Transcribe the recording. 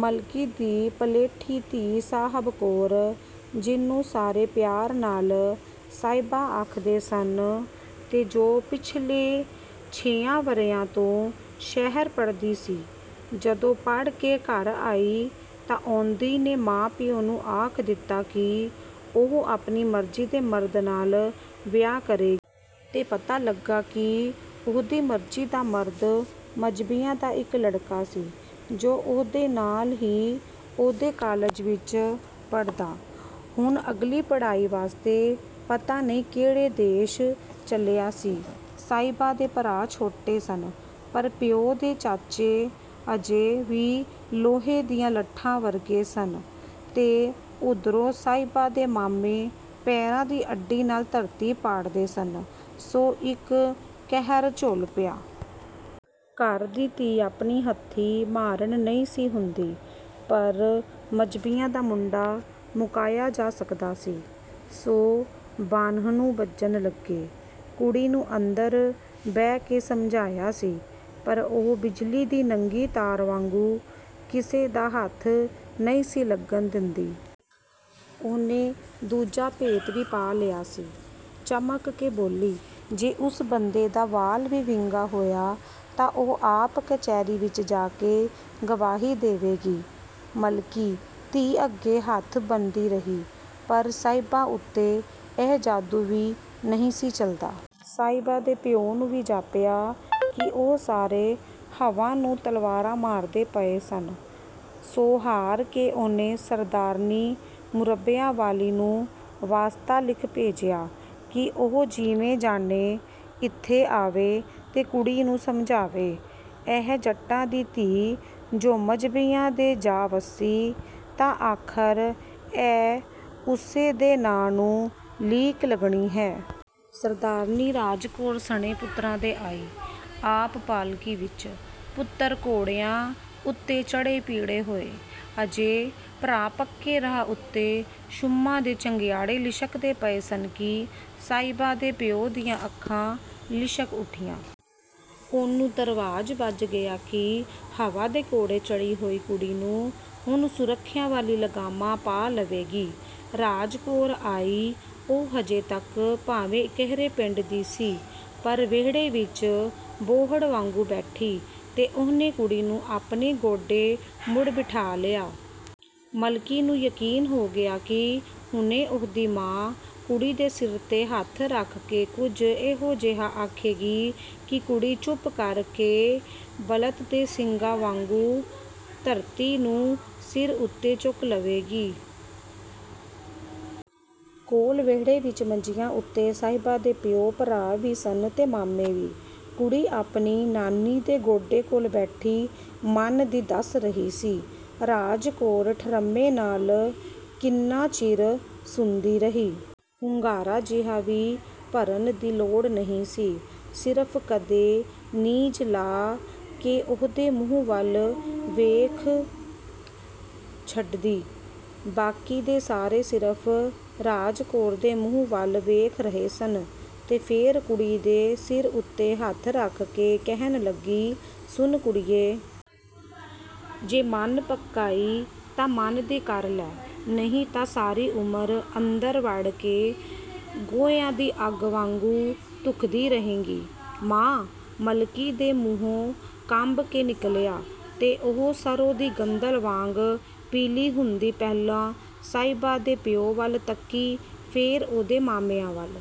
ਮਲਕੀ ਦੀ ਪਲੇਠੀ ਧੀ ਸਾਹਬ ਕੌਰ, ਜਿਹਨੂੰ ਸਾਰੇ ਪਿਆਰ ਨਾਲ ਸਾਹਿਬਾਂ ਆਖਦੇ ਸਨ, ਤੇ ਜੋ ਪਿਛਲੇ ਛੇਆਂ ਵਰ੍ਹਿਆਂ ਤੋਂ ਸ਼ਹਿਰ ਪੜ੍ਹਦੀ ਸੀ, ਜਦੋਂ ਪੜ੍ਹ ਕੇ ਘਰ ਆਈ ਤਾਂ ਔਂਦੀ ਨੇ ਮਾਂ ਪਿਉ ਨੂੰ ਆਖ ਦਿੱਤਾ ਕਿ ਉਹ ਆਪਣੀ ਮਰਜ਼ੀ ਦੇ ਮਰਦ ਨਾਲ ਵਿਆਹ ਕਰੇਗੀ। ਤੇ ਪਤਾ ਲੱਗਾ ਕਿ ਉਹਦੀ ਮਰਜ਼ੀ ਦਾ ਮਰਦ ਮਜ਼੍ਹਬੀਆਂ ਦਾ ਇਕ ਲੜਕਾ ਸੀ, ਜੋ ਉਹਦੇ ਨਾਲ ਹੀ ਉਹਦੇ ਕਾਲਜ ਵਿਚ ਪੜ੍ਹਦਾ ਹੁਣ ਅਗਲੀ ਪੜ੍ਹਾਈ ਵਾਸਤੇ ਪਤਾ ਨਹੀਂ ਕਿਹੜੇ ਦੇਸ ਚੱਲਿਆ ਸੀ… ਸਾਹਿਬਾਂ ਦੇ ਭਰਾ ਛੋਟੇ ਸਨ, ਪਰ ਪਿਉ ਤੇ ਚਾਚੇ ਅਜੇ ਵੀ ਲੋਹੇ ਦੀਆਂ ਲੱਠਾਂ ਵਰਗੇ ਸਨ, ਤੇ ਉਧਰੋਂ ਸਾਹਿਬਾਂ ਦੇ ਮਾਮੇ ਪੈਰਾਂ ਦੀ ਅੱਡੀ ਨਾਲ ਧਰਤੀ ਪਾੜਦੇ ਸਨ, ਸੋ ਇਕ ਕਹਿਰ ਝੁੱਲ ਪਿਆ। ਘਰ ਦੀ ਧੀ ਆਪਣੀ ਹੱਥੀਂ ਮਾਰਣ ਨਹੀਂ ਸੀ ਹੁੰਦੀ, ਪਰ ਮਜ਼੍ਹਬੀਆਂ ਦਾ ਮੁੰਡਾ ਮੁਕਾਇਆ ਜਾ ਸਕਦਾ ਸੀ। ਸੋ ਬਾਨ੍ਹਣੂ ਬੱਝਣ ਲੱਗੇ। ਕੁੜੀ ਨੂੰ ਅੰਦਰ ਬਹਿ ਕੇ ਸਮਝਾਇਆ ਸੀ, ਪਰ ਉਹ ਬਿਜਲੀ ਦੀ ਨੰਗੀ ਤਾਰ ਵਾਂਗੂੰ ਕਿਸੇ ਦਾ ਹੱਥ ਨਹੀਂ ਸੀ ਲੱਗਣ ਦੇਂਦੀ। ਉਹਨੇ ਦੂਜਾ ਭੇਤ ਵੀ ਪਾ ਲਿਆ ਸੀ – ਚਮਕ ਕੇ ਬੋਲੀ "ਜੇ ਉਸ ਬੰਦੇ ਦਾ ਵਾਲ ਵੀ ਵਿੰਗਾ ਹੋਇਆ ਤਾਂ ਉਹ ਆਪ ਕਚਿਹਰੀ ਵਿਚ ਜਾ ਕੇ ਗਵਾਹੀ ਦੇਵੇਗੀ" ਮਲਕੀ, ਧੀ ਅੱਗੇ ਹੱਥ ਬੰਨ੍ਹਦੀ ਰਹੀ, ਪਰ ਸਾਹਿਬਾਂ ਉਤੇ ਇਹ ਜਾਦੂ ਵੀ ਨਹੀਂ ਸੀ ਚਲਦਾ। ਸਾਹਿਬਾਂ ਦੇ ਪਿਉ ਨੂੰ ਵੀ ਜਾਪਿਆ – ਕਿ ਉਹ ਸਾਰੇ ਹਵਾ ਨੂੰ ਤਲਵਾਰਾਂ ਮਾਰਦੇ ਪਏ ਸਨ। ਸੋ ਹਾਰ ਕੇ ਉਹਨੇ ਸਰਦਾਰਨੀ ਮੁਰੱਬਿਆਂ ਵਾਲੀ ਨੂੰ ਵਾਸਤਾ ਲਿਖ ਭੇਜਿਆ ਕਿ ਉਹ ਜਿਵੇਂ ਜਾਣੇ, ਇਥੇ ਆਵੇ ਤੇ ਕੁੜੀ ਨੂੰ ਸਮਝਾਵੇ, ਇਹ ਜੱਟਾਂ ਦੀ ਧੀ ਜੇ ਮਜ਼੍ਹਬੀਆਂ ਦੇ ਜਾ ਵੱਸੀ, ਤਾਂ ਆਖਰ ਇਹ ਉਸੇ ਦੇ ਨਾਂ ਨੂੰ ਲੀਕ ਲੱਗਣੀ ਹੈ.. ਸਰਦਾਰਨੀ ਰਾਜ ਕੌਰ ਸਣੇ ਪੁੱਤਰਾਂ ਦੇ ਆਈ। ਆਪ ਪਾਲਕੀ ਵਿਚ, ਪੁੱਤਰ ਘੋੜਿਆਂ ਉਤੇ ਚੜ੍ਹੇ ਪੀੜੇ ਹੋਏ। ਅਜੇ ਪਰ੍ਹਾਂ ਪੱਕੇ ਰਾਹ ਉਤੇ ਸੁੰਮਾਂ ਦੇ ਚੰਗਿਆੜੇ ਲਿਸ਼ਕਦੇ ਪਏ ਸਨ ਕਿ ਸਾਹਿਬਾਂ ਦੇ ਪਿਉ ਦੀਆਂ ਅੱਖਾਂ ਲਿਸ਼ਕ ਉਠੀਆਂ। ਉਹਨੂੰ ਧਰਵਾਸ ਬੱਝ ਗਿਆ ਕਿ ਹਵਾ ਦੇ ਘੋੜੇ ਚੜ੍ਹੀ ਹੋਈ ਕੁੜੀ ਨੂੰ ਹੁਣ ਮੁਰੱਬਿਆਂ ਵਾਲੀ ਲਗਾਮਾਂ ਪਾ ਲਵੇਗੀ। ਰਾਜ ਕੌਰ ਆਈ, ਉਹ ਅਜੇ ਤੱਕ ਭਾਵੇਂ ਇਕਹਿਰੇ ਪਿੰਡੇ ਦੀ ਸੀ, ਪਰ ਵੇਹੜੇ ਵਿਚ ਬੋਹੜ ਵਾਂਗੂੰ ਬੈਠੀ, ਤੇ ਉਹਨੇ ਕੁੜੀ ਨੂੰ ਆਪਣੇ ਗੋਡੇ ਮੁੱਢ ਬਿਠਾ ਲਿਆ। ਮਲਕੀ ਨੂੰ ਯਕੀਨ ਹੋ ਗਿਆ ਕਿ ਹੁਣੇ ਉਹਦੀ ਮਾਂ – ਕੁੜੀ ਦੇ ਸਿਰ ਤੇ ਹੱਥ ਰੱਖ ਕੇ ਕੁਝ ਇਹੋ ਜਿਹਾ ਆਖੇਗੀ ਕਿ ਕੁੜੀ ਚੁੱਪ ਕਰ ਕੇ ਬਲਦ ਦੇ ਸਿੰਗਾਂ ਵਾਂਗੂੰ ਧਰਤੀ ਨੂੰ ਸਿਰ ਉਤੇ ਚੁੱਕ ਲਵੇਗੀ.. ਕੋਲ ਵੇਹੜੇ ਵਿਚ ਮੰਜੀਆਂ ਉਤੇ ਸਾਹਿਬਾਂ ਦੇ ਪਿਉ ਭਰਾ ਵੀ ਸਨ ਤੇ ਮਾਮੇ ਵੀ। ਕੁੜੀ ਆਪਣੀ ਨਾਨੀ ਦੇ ਗੋਡੇ ਕੋਲ ਬੈਠੀ ਮਨ ਦੀ ਦੱਸ ਰਹੀ ਸੀ। ਰਾਜ ਕੌਰ ਠਰ੍ਹੰਮੇ ਨਾਲ ਕਿੰਨਾ ਚਿਰ ਸੁਣਦੀ ਰਹੀ। ਹੁੰਗਾਰਾ ਜਿਹਾ ਵੀ ਭਰਨ ਦੀ ਲੋੜੀ ਨਹੀਂ ਸੀ, ਸਿਰਫ ਕਦੇ ਨੀਝ ਲਾ ਕੇ ਉਹਦੇ ਮੂੰਹ ਵੱਲ ਵੇਖ ਛੱਡਦੀ। ਬਾਕੀ ਦੇ ਸਾਰੇ ਸਿਰਫ਼ ਰਾਜ ਕੌਰ ਦੇ ਮੂੰਹ ਵੱਲ ਵੇਖ ਰਹੇ ਸਨ। ਤੇ ਫੇਰ ਕੁੜੀ ਦੇ ਸਿਰ ਉਤੇ ਹੱਥ ਰੱਖ ਕੇ ਕਹਿਣ ਲੱਗੀ – "ਸੁਣ ਕੁੜੀਏ! ਜੇ ਮਨ ਪੱਕਾ ਈ, ਤਾਂ ਮਨ ਦੀ ਕਰ ਲੈ! ਨਹੀਂ ਤਾ ਸਾਰੀ ਉਮਰ ਅੰਦਰ ਵੜ ਕੇ ਗੋਹਿਆਂ ਦੀ ਅੱਗ ਵਾਂਗੂੰ ਧੁਖਦੀ ਰਹੇਂਗੀ" "ਮਾਂ! " ਮਲਕੀ ਦੇ ਮੂੰਹੋਂ ਕੰਬ ਕੇ ਨਿਕਲਿਆ ਤੇ ਉਹ ਸਰ੍ਹੋਂ ਦੀ ਗੰਦਲ ਵਾਂਗ ਪੀਲੀ ਹੁੰਦੀ ਪਹਿਲੋਂ ਸਾਹਿਬਾਂ ਦੇ ਪਿਉ ਵੱਲ ਤੱਕੀ ਫੇਰ ਉਹਦੇ ਮਾਮਿਆਂ ਵੱਲ।